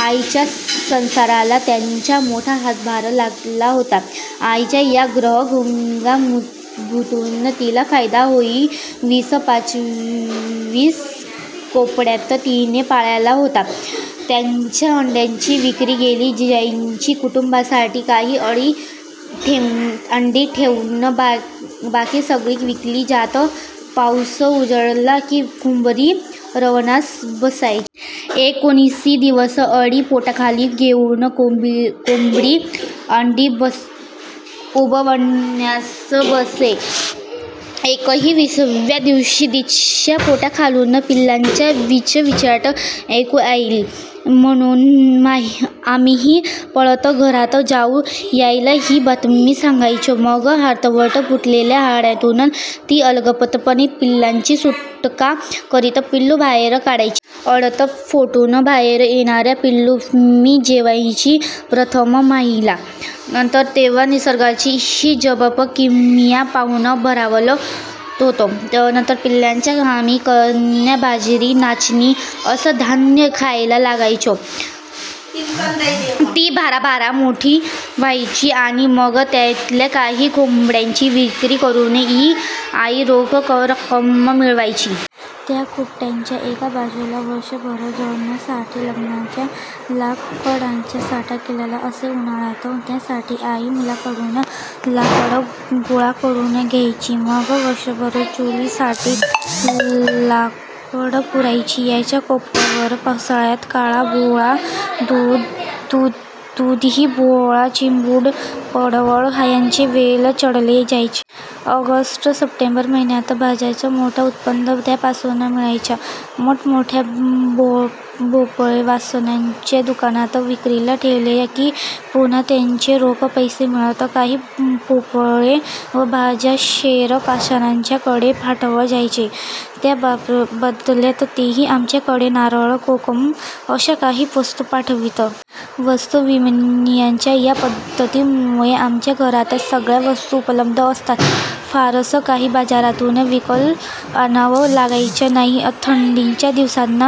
आईच्या संसाराला त्यांचा मोठा हातभार लागला होता. आईच्या या गृहोद्योगातून तिला फायदाच होई. वीस-पंचवीस कोंबड्या तिने पाळल्या होत्या, त्यांच्या अंड्यांची विक्री केली जायची. कुटुंबासाठी काही अंडी ठेवून बाकी सगळी विकली जात. पाऊस उजाडला की, कोंबडी रवणास बसवायची. एकोणीस दिवस अंडी पोटाखाली घेऊन कोंबडी अंडी उबवण्यास बसे; एकविसाव्या दिवशी तिच्या पोटाखालून पिल्लांचा चिवचिवाट ऐकू येई. आम्ही पळत घरात जाऊन आईला ही बातमी सांगायचो. मग अर्धवट फुटलेल्या अंड्यातून ती अलगदपणे पिल्लाची सुटका करीत पिल्लू बाहेर काढायची. अंडं फोडून बाहेर येणारं पिल्लू मी ज्यावेळी प्रथम पाहिलं, तेव्हा निसर्गाची ही अजब किमया पाहून भारावलो होतो. पिल्लांना आम्ही कण्या, बाजरी, नाचणी असं धान्य खायला घालायचो. ती भराभरा मोठी व्हायची आणि मग त्यातल्या काही कोंबड्यांची विक्री करून आई रोख रक्कम मिळवायची. त्या खोपटाच्या एका बाजूला वर्षभर जळणासाठी लागणाऱ्या लाकडाचा साठा केलेला असे. उन्हाळ्यात त्यासाठी आई मुलांकडून लाकडं गोळा करून घ्यायची; मग वर्षभर चुलीसाठी लाकडं पुरायची. याच खोपटावर पावसाळ्यात काळा भोपळा, दुधी भोपळा, चिबूड, पडवळ यांचे वेल चढवले जायचे. ऑगस्ट, सप्टेंबर महिन्यात भाज्यांचं मोठं उत्पन्न त्यापासून मिळायचं. मोठमोठे भोपळे वासुअण्णांच्या दुकानात विक्रीला ठेवले की, पुन्हा त्याचे रोख पैसे मिळत. काही भोपळे व भाज्या शेजारपाजाऱ्यांकडे पाठवत जायचे, त्या बदल्यात तेही आमच्याकडे नारळ, कोकम अशा काही वस्तू पाठवीत. वस्तू-विनिमयाच्या या पद्धतीमुळे आमच्या घरात सगळ्या वस्तू उपलब्ध असत; फारसं काही बाजारातून विकत आणावं लागायचं नाही. थंडीच्या दिवसांत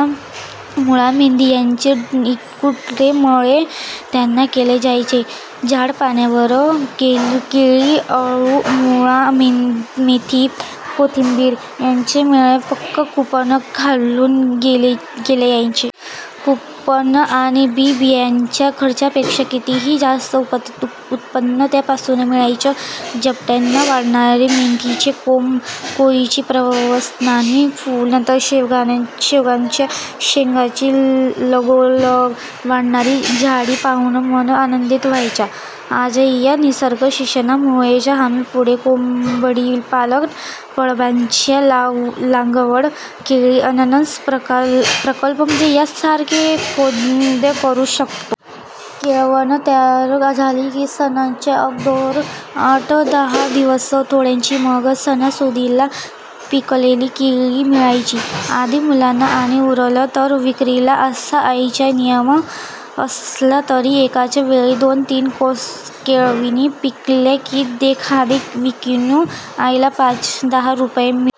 मुळा, मेथी यांचे इटुकले मळे तयार केले जायचे. सांडपाण्यावर केळी, अळू, मुळा, मेथी, कोथिंबीर यांचे मळे पक्कं कुंपण घालून केले जायचे. कुंपण आणि बी-बियाणांच्या खर्चापेक्षा कितीतरी जास्त उत्पन्न त्यापासून मिळायचं. झपाट्यानं वाढणारे मेथीचे कोंब, केळीची प्रसवणारी फुलं, शेवग्याच्या शेंगांची लगोलग वाढणारी जाडी पाहून मन आनंदित व्हायचं. आज या निसर्गशिक्षणामुळेच आम्ही पुढे कोंबडीपालन, फळभाज्या लागवड, केळी, अननस प्रकल्प यांसारखे उद्योग करू शकलो. केळवण तयार झाली की सणाच्या अगोदर आठ-दहा दिवस तोडायची; मग सणासुदीला पिकलेली केळी मिळायची. आधी मुलांना आणि उरलं तर विक्रीला, असा आईचा नियम असला तरी एकाच वेळी दोन-तीन केळवणी पिकल्या की, एखादी विकून आईला पाच-दहा रुपये मिळत.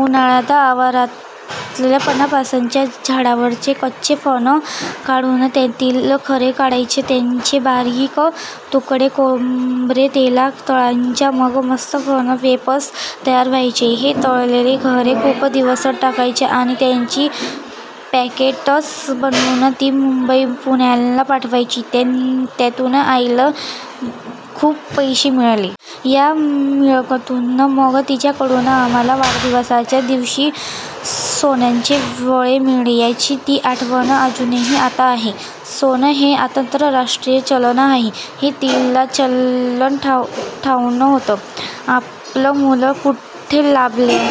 उन्हाळ्यात आवारातल्या फणसाच्या झाडांवरचे कच्चे फणस काढून त्यातील गरे काढायचे, त्यांचे बारीक तुकडे खोबरेल तेलात तळायचे. मग मस्त फणस वेफर्स तयार व्हायचे. हे तळलेले गरे खूप दिवस टिकायचे आणि त्याची पॅकेट्स बनवून ती मुंबई-पुण्याला पाठवायची; त्यातून आईला खूप पैसे मिळत. या मिळकतीतून मग तिच्याकडून आम्हांला वाढदिवसाच्या दिवशी सोन्याचे वळे मिळे. आईची ती आठवण अजूनही हातात आहे. सोनं हे आंतरराष्ट्रीय चलन आहे, हे तिला चांगलं ठावूक होतं. आपलं मूल कुठे लांबच्या